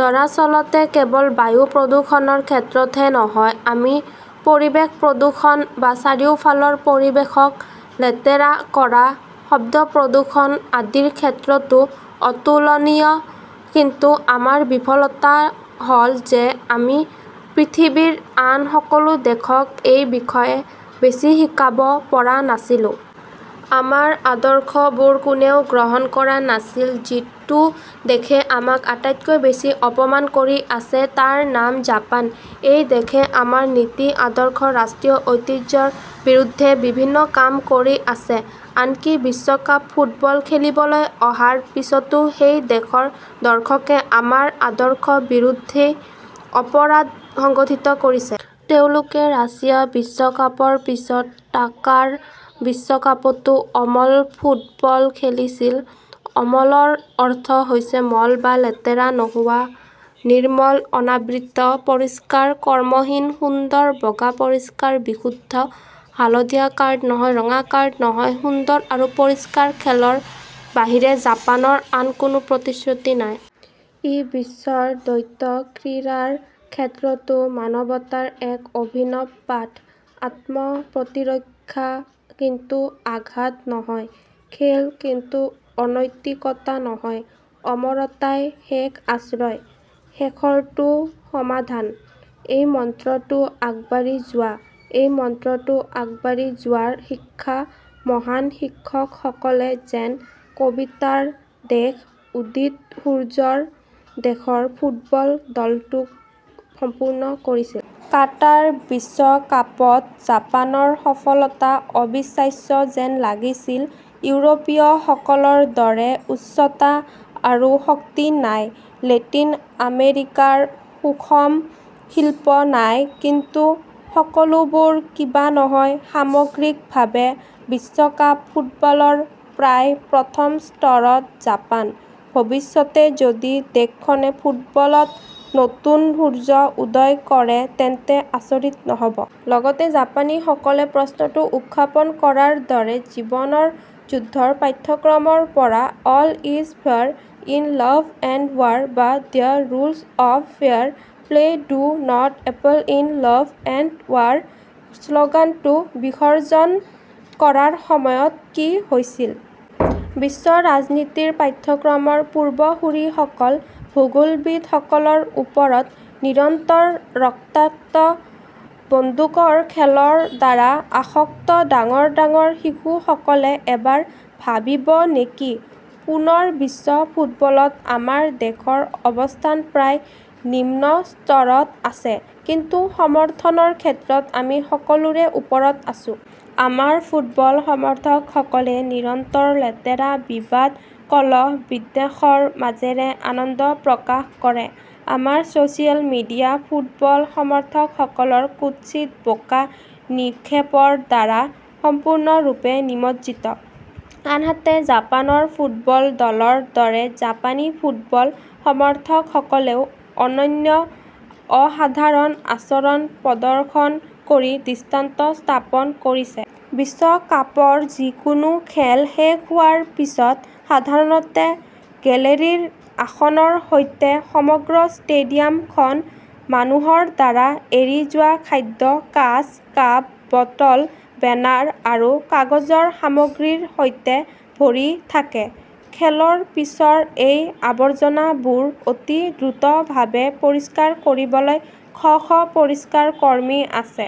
দৰাচলতে কেৱল বায়ু প্ৰদূষণৰ ক্ষেত্ৰতহে নহয়, আমি পৰিৱেশ প্ৰদূষণ বা চাৰিওফালৰ পৰিৱেশক লেতেৰা কৰা, শব্দ প্ৰদূষণ আদিৰ ক্ষেত্ৰতো অতুলনীয়। কিন্তু আমাৰ বিফলতা হ'ল যে, আমি পৃথিৱীৰ আন সকলো দেশক এই বিষয়ে বেছি শিকাব পৰা নাছিলো। আমাৰ আদৰ্শবোৰ কোনেও গ্ৰহণ কৰা নাছিল। যিটো দেশে আমাক আটাইতকৈ বেছি অপমান কৰি আছে, তাৰ নাম জাপান। এই দেশে আমাৰ নীতি, আদৰ্শ, ৰাষ্ট্ৰীয় ঐতিহ্যৰ বিৰুদ্ধে বিভিন্ন কাম কৰি আছে। আনকি বিশ্বকাপ ফুটবল খেলিবলৈ অহাৰ পিছতো সেই দেশৰ দৰ্শকে আমাৰ আদৰ্শ বিৰোধী অপৰাধ সংঘটিত কৰিছে। তেওঁলোকে ৰাছিয়া বিশ্বকাপৰ পিছত কাটাৰ বিশ্বকাপতো অমল ফুটবল খেলিছিল। অমলৰ অৰ্থ হৈছে মল বা লেতেৰা নোহোৱা-নিৰ্মল, অনাবৃত, পৰিষ্কাৰ, কৰ্মহীন। সুন্দৰ, বগা, পৰিষ্কাৰ, বিশুদ্ধ। হালধীয়া কাৰ্ড নহয়, ৰঙা কাৰ্ড নহয়। সুন্দৰ আৰু পৰিষ্কাৰ খেলৰ বাহিৰে জাপানৰ আন কোনো প্ৰতিশ্ৰুতি নাই। ই বিশ্বৰ দ্বৈত ক্ৰীড়াৰ ক্ষেত্ৰতো মানৱতাৰ এক অভিনব পাঠ। আত্ম-প্ৰতিৰক্ষা, কিন্তু আঘাত নহয়। খেল, কিন্তু অনৈতিকতা নহয়। অমৰতাই শেষ আশ্ৰয়। শেষৰটো সমাধান। এই মন্ত্ৰতো আগবাঢ়ি যোৱা, এই মন্ত্ৰতো আগবাঢ়ি যোৱাৰ শিক্ষা, মহান শিক্ষকসকলে জেন-কবিতাৰ দেশ, উদিদ সূৰ্যৰ দেশৰ ফুটবল দলটোক সম্পূৰ্ণ কৰিছিল। কাটাৰ বিশ্বকাপত জাপানৰ সফলতা অবিশ্বাস্য যেন লাগিছিল। ইউৰোপীয়সকলৰ দৰে উচ্চতা আৰু শক্তি নাই, লেটিন আমেৰিকাৰ সূক্ষ্ম শিল্প নাই, কিন্তু সকলোবোৰ কিবা নহয়। সামগ্ৰিকভাৱে, বিশ্বকাপ ফুটবলৰ প্ৰায় প্ৰথম স্তৰত জাপান। ভৱিষ্যতে যদি দেশখনে ফুটবলত নতুন সূৰ্য উদয় কৰে তেন্তে আচৰিত নহ 'ব। লগতে জাপানীসকলে প্ৰশ্নটো উত্থাপন কৰাৰ দৰে জীৱনৰ যুদ্ধৰ পাঠ্যক্ৰমৰ পৰা all is fair in love and war বা the rules of fair play do not apply in love and war শ্লোগানটো বিসৰ্জন কৰাৰ সময়ত কি হৈছিল? বিশ্ব ৰাজনীতিৰ পাঠ্যক্ৰমৰ পূৰ্বসূৰীসকল, ভূগোলবিদসকলৰ ওপৰত নিৰন্তৰ ৰক্তাক্ত বন্দুকৰ খেলৰ দ্বাৰা আসক্ত ডাঙৰ ডাঙৰ শিশুসকলে এবাৰ ভাবিব নেকি? পুনৰ বিশ্ব ফুটবলত আমাৰ দেশৰ অৱস্থান প্ৰায় নিম্ন স্তৰত আছে। কিন্তু সমৰ্থনৰ ক্ষেত্ৰত আমি সকলোৰে ওপৰত আছো। আমাৰ ফুটবল সমৰ্থকসকলে নিৰন্তৰ লেতেৰা, বিবাদ, কলহ, বিদ্বেষৰ মাজেৰে আনন্দ প্ৰকাশ কৰে। আমাৰ ছ'চিয়েল মিডিয়া ফুটবল সমৰ্থকসকলৰ কুৎসিত বোকা নিক্ষেপৰ দ্বাৰা সম্পূৰ্ণৰূপে নিমজ্জিত। আনহাতে, জাপানৰ ফুটবল দলৰ দৰে জাপানী ফুটবল সমৰ্থকসকলেও অনন্য অসাধাৰণ আচৰণ প্ৰদৰ্শন কৰি দৃষ্টান্ত স্থাপন কৰিছে। বিশ্বকাপৰ যিকোনো খেল শেষ হোৱাৰ পিছত সাধাৰণতে গেলেৰীৰ আসনৰ সৈতে সমগ্ৰ ষ্টেডিয়ামখন মানুহৰ দ্বাৰা এৰি যোৱা খাদ্য, কাঁচ, কাপ, বটল, বেনাৰ আৰু কাগজৰ সামগ্ৰীৰ সৈতে ভৰি থাকে। খেলৰ পিছৰ এই আৱৰ্জনাবোৰ অতি দ্ৰুতভাৱে পৰিষ্কাৰ কৰিবলৈ শ শ পৰিষ্কাৰ কৰ্মী আছে।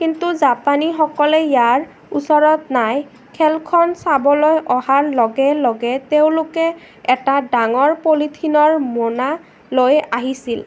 কিন্তু জাপানীসকলে ইয়াৰ ওচৰত নাই। খেলখন চাবলৈ অহাৰ লগে লগে তেওঁলোকে এটা ডাঙৰ পলিথিনৰ মোনা লৈ আহিছিল।